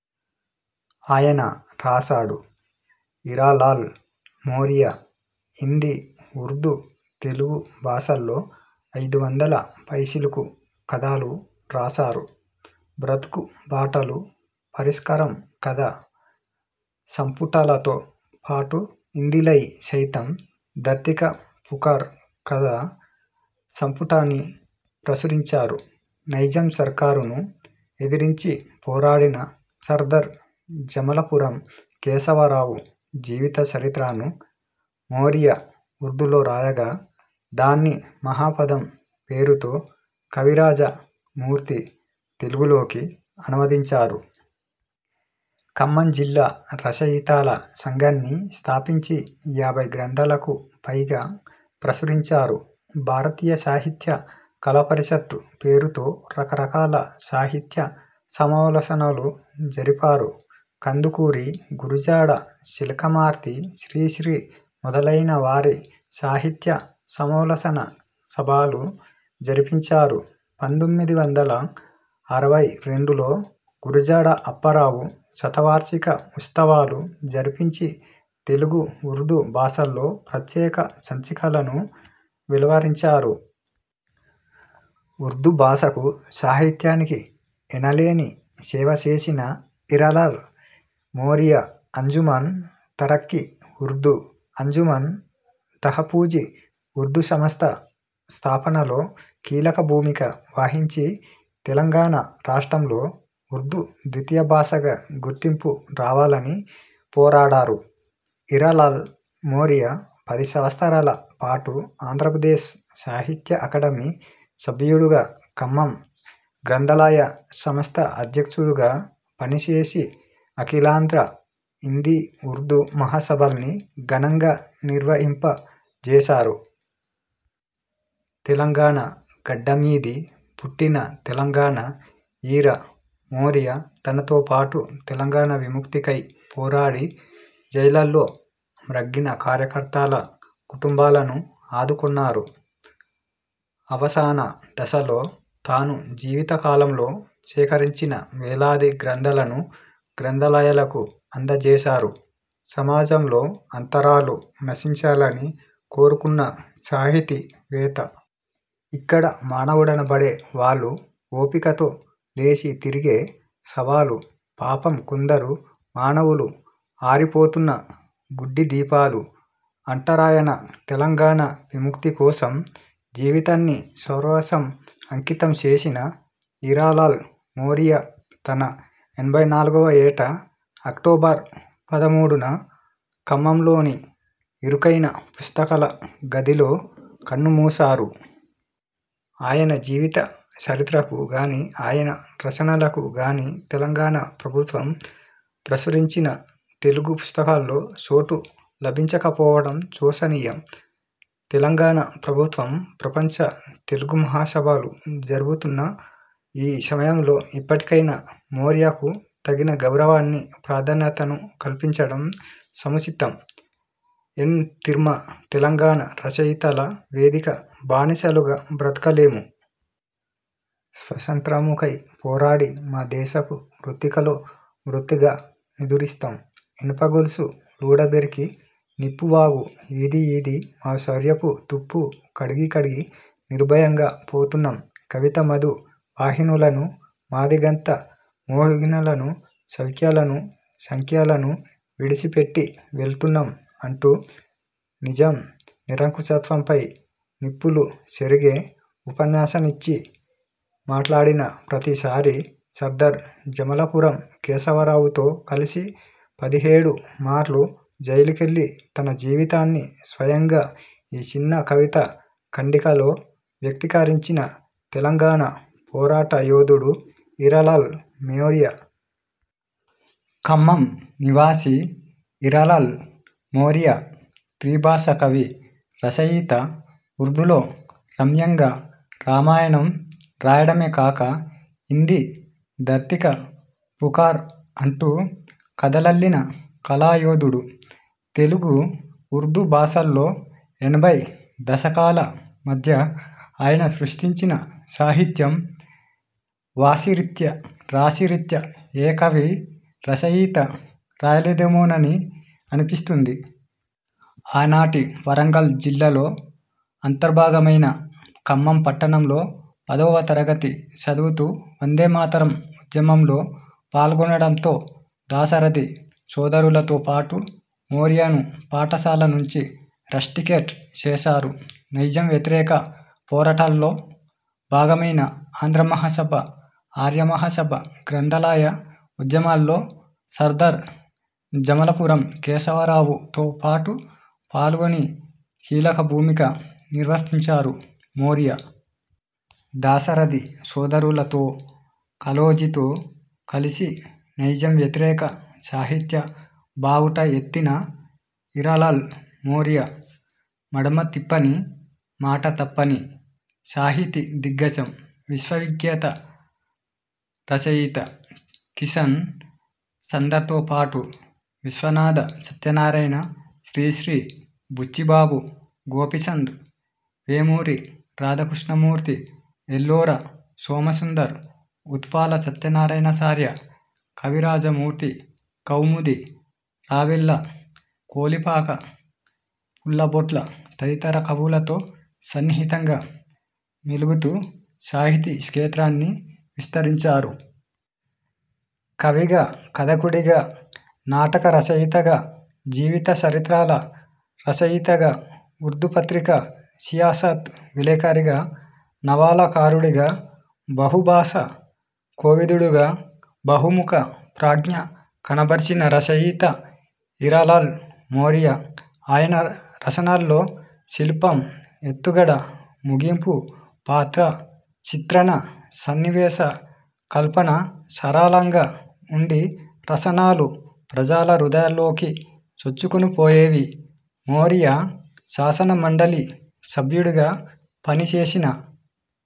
ఆయన రాశాడు. హీరాలాల్ మోరియా హిందీ, ఉర్దూ, తెలుగు భాషల్లో ఐదు వందల పైచిలుకు కథలు రాశారు. 'బ్రతుకు బాటలు', 'పరిష్కారం' కథ సంపుటాలతో పాటు హిందీలై సైతం 'దర్తీ కా పుకార్' కథా సంపుటాన్ని ప్రచురించారు. నైజాం సర్కారును ఎదిరించి పోరాడిన సర్దార్ జమలాపురం కేశవరావు జీవిత చరిత్రను మోరియా ఉర్దూలో రాయగా దాన్ని 'మహాపథం' పేరుతో కవిరాజ మూర్తి తెలుగు లోకి అనువదించారు. ఖమ్మం జిల్లా రచయితల సంఘాన్ని స్థాపించి యాభై గ్రంథాలకు పైగా ప్రచురించారు. 'భారతీయ సాహిత్య కళా పరిషత్తు' పేరుతో రకరకాల సాహిత్య సమాలోచనలు జరిపారు. కందుకూరి, గురజాడ, చిలకమర్తి, శ్రీశ్రీ మొదలైన వారి సాహిత్య సమాలో సానా సభలు జరిపించారు. పంతొమ్మిది వందల అరవై రెండులో గురజాడ అప్పారావు శత వార్షిక ఉత్సవాలు జరిపించి తెలుగు, ఉర్దూ భాషల్లో ప్రత్యేక సంచికలను వెలువరించారు. ఉర్దూ భాషకు, సాహిత్యానికి ఎనలేని సేవ చేసిన హీరాలాల్ మోరియా అంజుమన్ తరఖ్ఖి ఉర్దూ, అంజుమన్ తహపూజీ ఉర్దూ సంస్థ స్థాపనలో కీలక భూమిక వహించి తెలంగాణా రాష్ట్రంలో ఉర్దూ ద్వితీయ భాషగా గుర్తింపు రావాలని పోరాడారు. హీరాలాల్ మోరియా పది సంవత్సరాల పాటు ఆంధ్రప్రదేశ్ సాహిత్య అకాడమి సభ్యులుగా, ఖమ్మం గ్రంథాలయ సంస్థ అధ్యక్షులుగా పనిచేసి అఖిలాంధ్ర హిందీ, ఉర్దూ మహాసభల్ని ఘనంగా నిర్వహింపజేశారు. తెలంగాణా గడ్డ మీది పుట్టిన తెలంగాణా ''హీరా'' మోరియా తనతోపాటు తెలంగాణా విముక్తి కై పోరాడి జైళ్ళలో మ్రగ్గిన కార్య కర్తల కుటుంబాలను ఆదుకొన్నారు. అవసాన దశలో తాను జీవిత కాలంలో సేకరించిన వేలాది గ్రంథాలను గ్రంథాలయాలకు అందజేశారు. సమాజంలో అంతరాలు నశించాలని కోరుకున్న సాహితీ వేత్త. ఇక్కడ మానవులనబడే వాళ్ళు ఓపికతో లేచి తిరిగే శవాలు! పాపం, కొందరు మానవులు ఆరిపోతున్న గుడ్డి దీపాలు అంటారాయన. తెలంగాణా విముక్తి కోసం జీవితాన్ని సర్వస్వం అంకితం చేసిన హీరాలాల్ మోరియా తన ఎనభై నాలుగువ ఏట అక్టోబర్ పదమూడున ఖమ్మంలోని ఇరుకైన పుస్తకాల గదిలో కన్నుమూశారు. ఆయన జీవిత చరిత్రకు గాని, ఆయన రచనలకు గాని తెలంగాణా ప్రభుత్వం ప్రచురించిన తెలుగు పుస్తకాల్లో చోటు లభించక పోవడం శోచనీయం. తెలంగాణా ప్రభుత్వం ప్రపంచ తెలుగు మహాసభలు జరుపుతున్న ఈ సమయంలో ఇప్పటికైనా మోరియాకు తగిన గౌరవాన్నీ ప్రాధాన్యతనూ కల్పించటం సముచితం. ఎన్. తిర్మ తెలంగాణ రచయితల వేదిక 'బానిసలుగ బ్రతకలేము. స్వాతంత్య్రముకై పోరాడి మా దేశపు మృత్తికలో మృత్తిగా నిదురిస్తాం! ఇనుపగొలుసు లూడబెరికి నిప్పువాగు ఈది ఈది, మా శౌర్యపు తుప్పు కడిగి కడిగి నిర్భయంగా పోతున్నాం! కవితా మధు వాహినులను, మాదిగంత మోహినులను సౌఖ్యాలను, సఖ్యాలను విడిచిపెట్టి వెళ్తున్నాం, అంటూ నిజాం నిరంకుశత్వంపై నిప్పులు చెరిగే ఉపన్యాసాన్నిచ్చి, మాట్లాడిన ప్రతీసారీ సర్దార్ జమలాపురం కేశవరావు తో కలిసి పదిహేడుమార్లు జైలుకెళ్ళి తన జీవితాన్ని స్వయంగా ఈ చిన్న కవితా ఖండికలో వ్యక్తీకరించిన తెలంగాణా పోరాట యోధుడు హీరాలాల్ మోరియా. ఖమ్మం నివాసి హీరాలాల్ మోరియా త్రిభాషా కవి, రచయిత. ఉర్దూలో రమ్యంగా రామాయణం రాయడమే కాక హిందీ దర్తీ కా పుకార్ అంటూ కథలల్లిన కళాయోధుడు. తెలుగు, ఉర్దూ భాషల్లో ఎనభై దశకాల మధ్య ఆయన సృష్టించిన సాహిత్యం, వాసి రీత్యా రాశి రీత్యా ఏ కవి, రచయిత రాయలేదేమోనని అనిపిస్తుంది. ఆనాటి వరంగల్ జిల్లాలో అంతర్భాగమైన ఖమ్మం పట్టణంలో పదవ తరగతి చదువుతూ 'వందే మాతరం' ఉద్యమంలో పాల్గొనడంతో దాశరథి సోదరులతో పాటు మోరియాను పాఠశాల నుంచి రస్టికేట్ చేశారు. నైజాం వ్యతిరేక పోరాటాల్లో భాగమైన ఆంధ్రమహాసభ, ఆర్యమహాసభ, గ్రంథాలయ ఉద్యమాల్లో సర్దార్ జమలాపురం కేశవరావుతో పాటు పాల్గొని కీలక భూమిక నిర్వర్తించారు మోరియా. దాశరథి సోదరులతో, కాళోజీతో కలిసి నైజాం వ్యతిరేక సాహిత్య బావుటా ఎత్తిన హీరాలాల్ మోరియా మడమ తిప్పని, మాట తప్పని సాహితీ దిగ్గజం. విశ్వవిఖ్యాత రచయిత కిషన్ చందర్తోపాటు విశ్వనాథ సత్యన్నారాయణ, శ్రీశ్రీ, బుచ్చిబాబు, గోపీచంద్, వేమూరి రాధాకృష్ణమూర్తి, ఎల్లోరా, సోమసుందర్, ఉత్పల సత్యనారాయణ చార్య, కవిరాజమూర్తి, కౌముది, రావెళ్ళ, కొలిపాక, పుల్లాబొట్ల తదితర కవులతో సన్నిహితంగా మెలుగుతూ సాహితీ క్షేత్రాన్ని విస్తరించారు. కవిగా, కథకుడిగా, నాటక రచయితగా, జీవిత చరిత్రల రచయితగా, ఉర్దూ పత్రిక సియాసత్ విలేఖరిగా, నవలా కారుడిగా, బహు భాషా కోవిదుడిగా బహుముఖ ప్రజ్ఞ కనబరచిన రచయిత హీరాలాల్ మోరియా. ఆయన రచనల్లో శిల్పం, ఎత్తుగడ, ముగింపు, పాత్ర చిత్రణ, సన్నివేశ కల్పన సరళంగా ఉండి రచనలు ప్రజల హృదయాల్లోకి చొచ్చుకుపోయేవి. మోరియా శాసన మండలి సభ్యుడిగా పనిచేసిన